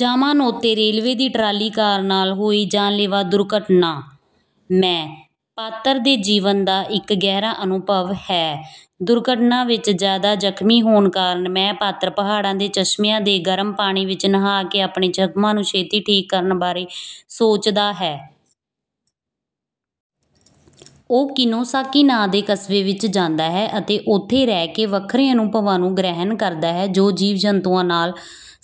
Yamanote railway ਦੀ trolley car ਨਾਲ ਹੋਈ ਜਾਨਲੇਵਾ ਦੁਰਘਟਨਾ" ਮੈਂ" ਪਾਤਰ ਦੇ ਜੀਵਨ ਦਾ ਇੱਕ ਗਹਿਰਾ ਅਨੁਭਵ ਹੈ। ਦੁਰਘਟਨਾ ਵਿੱਚ ਜ਼ਿਆਦਾ ਜ਼ਖਮੀ ਹੋਣ ਕਾਰਨ ਮੈਂ ਪਾਤਰ ਪਹਾੜਾਂ ਦੇ ਚਸ਼ਮਿਆਂ ਦੇ ਗਰਮ ਪਾਣੀ ਵਿੱਚ ਨਹਾ ਕੇ ਆਪਣੇ ਜ਼ਖਮਾਂ ਨੂੰ ਛੇਤੀ ਠੀਕ ਕਰਨ ਬਾਰੇ ਸੋਚਦਾ ਹੈ। ਉਹ ਕਿਨੋਸਾਕੀ ਨਾਂ ਦੇ ਕਸਬੇ ਵਿੱਚ ਜਾਂਦਾ ਹੈ ਅਤੇ ਉੱਥੇ ਰਹਿ ਕੇ ਵੱਖਰੇ ਅਨੁਭਵਾਂ ਨੂੰ ਗ੍ਰਹਿਣ ਕਰਦਾ ਹੈ ਜੋ ਜੀਵ-ਜੰਤੂਆਂ ਨਾਲ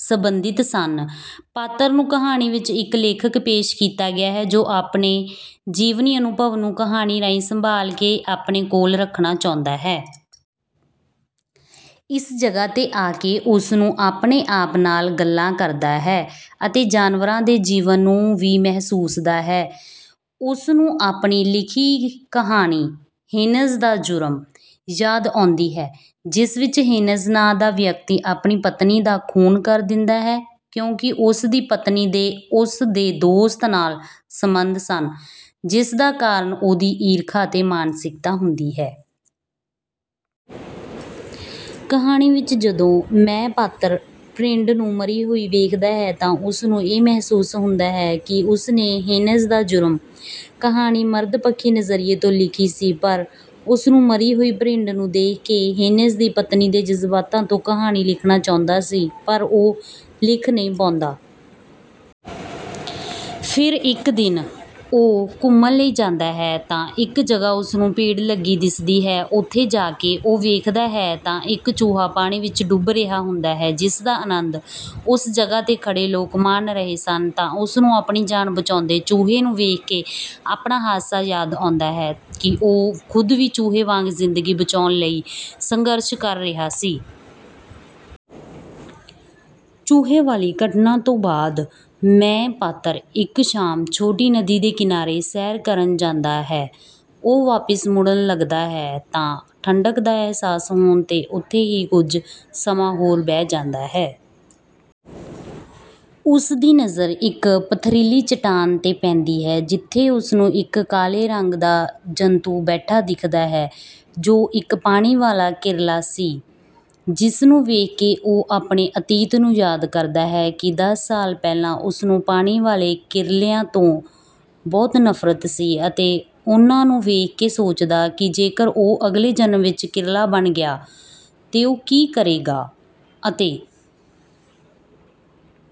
ਸਬੰਧਿਤ ਸਨ। ਪਾਤਰ ਨੂੰ ਕਹਾਣੀ ਵਿੱਚ ਇੱਕ ਲੇਖਕ ਪੇਸ਼ ਕੀਤਾ ਗਿਆ ਹੈ ਜੋ ਆਪਣੇ ਜੀਵਨੀ ਅਨੁਭਵ ਨੂੰ ਕਹਾਣੀ ਰਾਹੀਂ ਸੰਭਾਲ ਕੇ ਆਪਣੇ ਕੋਲ ਰੱਖਣਾ ਚਾਹੁੰਦਾ ਹੈ। ਇਸ ਜਗ੍ਹਾ ਤੇ ਆ ਕੇ ਉਸਨੂੰ ਆਪਣੇ ਆਪ ਨਾਲ ਗੱਲਾਂ ਕਰਦਾ ਹੈ ਅਤੇ ਜਾਨਵਰਾਂ ਦੇ ਜੀਵਨ ਨੂੰ ਵੀ ਮਹਿਸੁਸਦਾ ਹੈ। ਉਸਨੂੰ ਆਪਣੀ ਲਿਖੀ ਕਹਾਣੀ "ਹੇਨਜ਼ ਦਾ ਜੁਰਮ" ਯਾਦ ਆਉਂਦੀ ਹੈ, ਜਿਸ ਵਿੱਚ ਹੇਨਜ਼ ਨਾਂ ਦਾ ਵਿਅਕਤੀ ਆਪਣੀ ਪਤਨੀ ਦਾ ਖੂਨ ਕਰ ਦਿੰਦਾ ਹੈ ਕਿਉਂਕਿ ਉਸ ਦੀ ਪਤਨੀ ਦੇ ਉਸ ਦੇ ਦੋਸਤ ਨਾਲ ਸਬੰਧ ਸਨ ਜਿਸਦਾ ਕਾਰਨ ਉਹਦੀ ਈਰਖਾ ਅਤੇ ਮਾਨਸਿਕਤਾ ਹੁੰਦੀ ਹੈ। ਕਹਾਣੀ ਵਿੱਚ ਜਦੋਂ "ਮੈਂ" ਪਾਤਰ ਭਰਿੰਡ ਨੂੰ ਮਰੀ ਹੋਈ ਵੇਖਦਾ ਹੈ ਤਾਂ ਉਸਨੂੰ ਇਹ ਮਹਿਸੂਸ ਹੁੰਦਾ ਹੈ ਕਿ ਉਸਨੇ "ਹੇਨਜ਼ ਦਾ ਜੁਰਮ" ਕਹਾਣੀ ਮਰਦ ਪੱਖੀ ਨਜ਼ਰੀਏ ਤੋਂ ਲਿਖੀ ਸੀ। ਪਰ ਉਸਨੂੰ ਮਰੀ ਹੋਈ ਭਰਿੰਡ ਨੂੰ ਦੇਖ ਕੇ ਹੇਨਜ਼ ਦੀ ਪਤਨੀ ਦੇ ਜਜ਼ਬਾਤਾਂ ਤੋਂ ਕਹਾਣੀ ਲਿਖਣਾ ਚਾਹੁੰਦਾ ਸੀ ਪਰ ਉਹ ਲਿਖ ਨਹੀਂ ਪਾਉਂਦਾ। ਫਿਰ ਇੱਕ ਦਿਨ ਉਹ ਘੁੰਮਣ ਲਈ ਜਾਂਦਾ ਹੈ ਤਾਂ ਇੱਕ ਜਗ੍ਹਾ ਉਸਨੂੰ ਭੀੜ ਲੱਗੀ ਦਿਸਦੀ ਹੈ। ਉੱਥੇ ਜਾ ਕੇ ਉਹ ਵੇਖਦਾ ਹੈ ਤਾਂ ਇੱਕ ਚੂਹਾ ਪਾਣੀ ਵਿੱਚ ਡੁੱਬ ਰਿਹਾ ਹੁੰਦਾ ਹੈ ਜਿਸਦਾ ਅਨੰਦ ਉਸ ਜਗ੍ਹਾ ਤੇ ਖੜੇ ਲੋਕ ਮਾਣ ਰਹੇ ਸਨ ਤਾਂ ਉਸਨੂੰ ਆਪਣੀ ਜਾਨ ਬਚਾਉਂਦੇ ਚੂਹੇ ਨੂੰ ਵੇਖ ਕੇ ਆਪਣਾ ਹਾਦਸਾ ਯਾਦ ਆਉਂਦਾ ਹੈ ਕਿ ਉਹ ਖ਼ੁਦ ਵੀ ਚੂਹੇ ਵਾਂਗ ਜ਼ਿੰਦਗੀ ਬਚਾਉਣ ਲਈ ਸੰਘਰਸ਼ ਕਰ ਰਿਹਾ ਸੀ। ਚੂਹੇ ਵਾਲੀ ਘਟਨਾ ਤੋਂ ਬਾਅਦ "ਮੈਂ" ਪਾਤਰ ਇੱਕ ਸ਼ਾਮ ਛੋਟੀ ਨਦੀ ਦੇ ਕਿਨਾਰੇ ਸੈਰ ਕਰਨ ਜਾਂਦਾ ਹੈ। ਉਹ ਵਾਪਿਸ ਮੁੜਨ ਲੱਗਦਾ ਹੈ ਤਾਂ ਠੰਡਕ ਦਾ ਅਹਿਸਾਸ ਹੋਣ ਤੇ ਉੱਥੇ ਹੀ ਕੁਝ ਸਮਾਂ ਹੋਰ ਬਹਿ ਜਾਂਦਾ ਹੈ। ਉਸ ਦੀ ਨਜ਼ਰ ਇੱਕ ਪਥਰੀਲੀ ਚੱਟਾਨ ਤੇ ਪੈਂਦੀ ਹੈ ਜਿਥੇ ਉਸਨੂੰ ਇੱਕ ਕਾਲੇ ਰੰਗ ਦਾ ਜੰਤੁ ਬੈਠਾ ਦਿਖਦਾ ਹੈ ਜੋ ਇੱਕ ਪਾਣੀ ਵਾਲਾ ਕਿਰਲਾ ਸੀ। ਜਿਸ ਨੂੰ ਵੇਖ ਕੇ ਉਹ ਆਪਣੇ ਅਤੀਤ ਨੂੰ ਯਾਦ ਕਰਦਾ ਹੈ ਕਿ ਦਸ ਸਾਲ ਪਹਿਲਾਂ ਉਸਨੂੰ ਪਾਣੀ ਵਾਲੇ ਕਿਰਲਿਆਂ ਤੋਂ ਬਹੁਤ ਨਫ਼ਰਤ ਸੀ ਅਤੇ ਉਹਨਾਂ ਨੂੰ ਵੇਖ ਕੇ ਸੋਚਦਾ ਕਿ ਜੇਕਰ ਉਹ ਅਗਲੇ ਜਨਮ ਵਿੱਚ ਕਿਰਲਾ ਬਣ ਗਿਆ ਤੇ ਉਹ ਕਿ ਕਰੇਗਾ? ਅਤੇ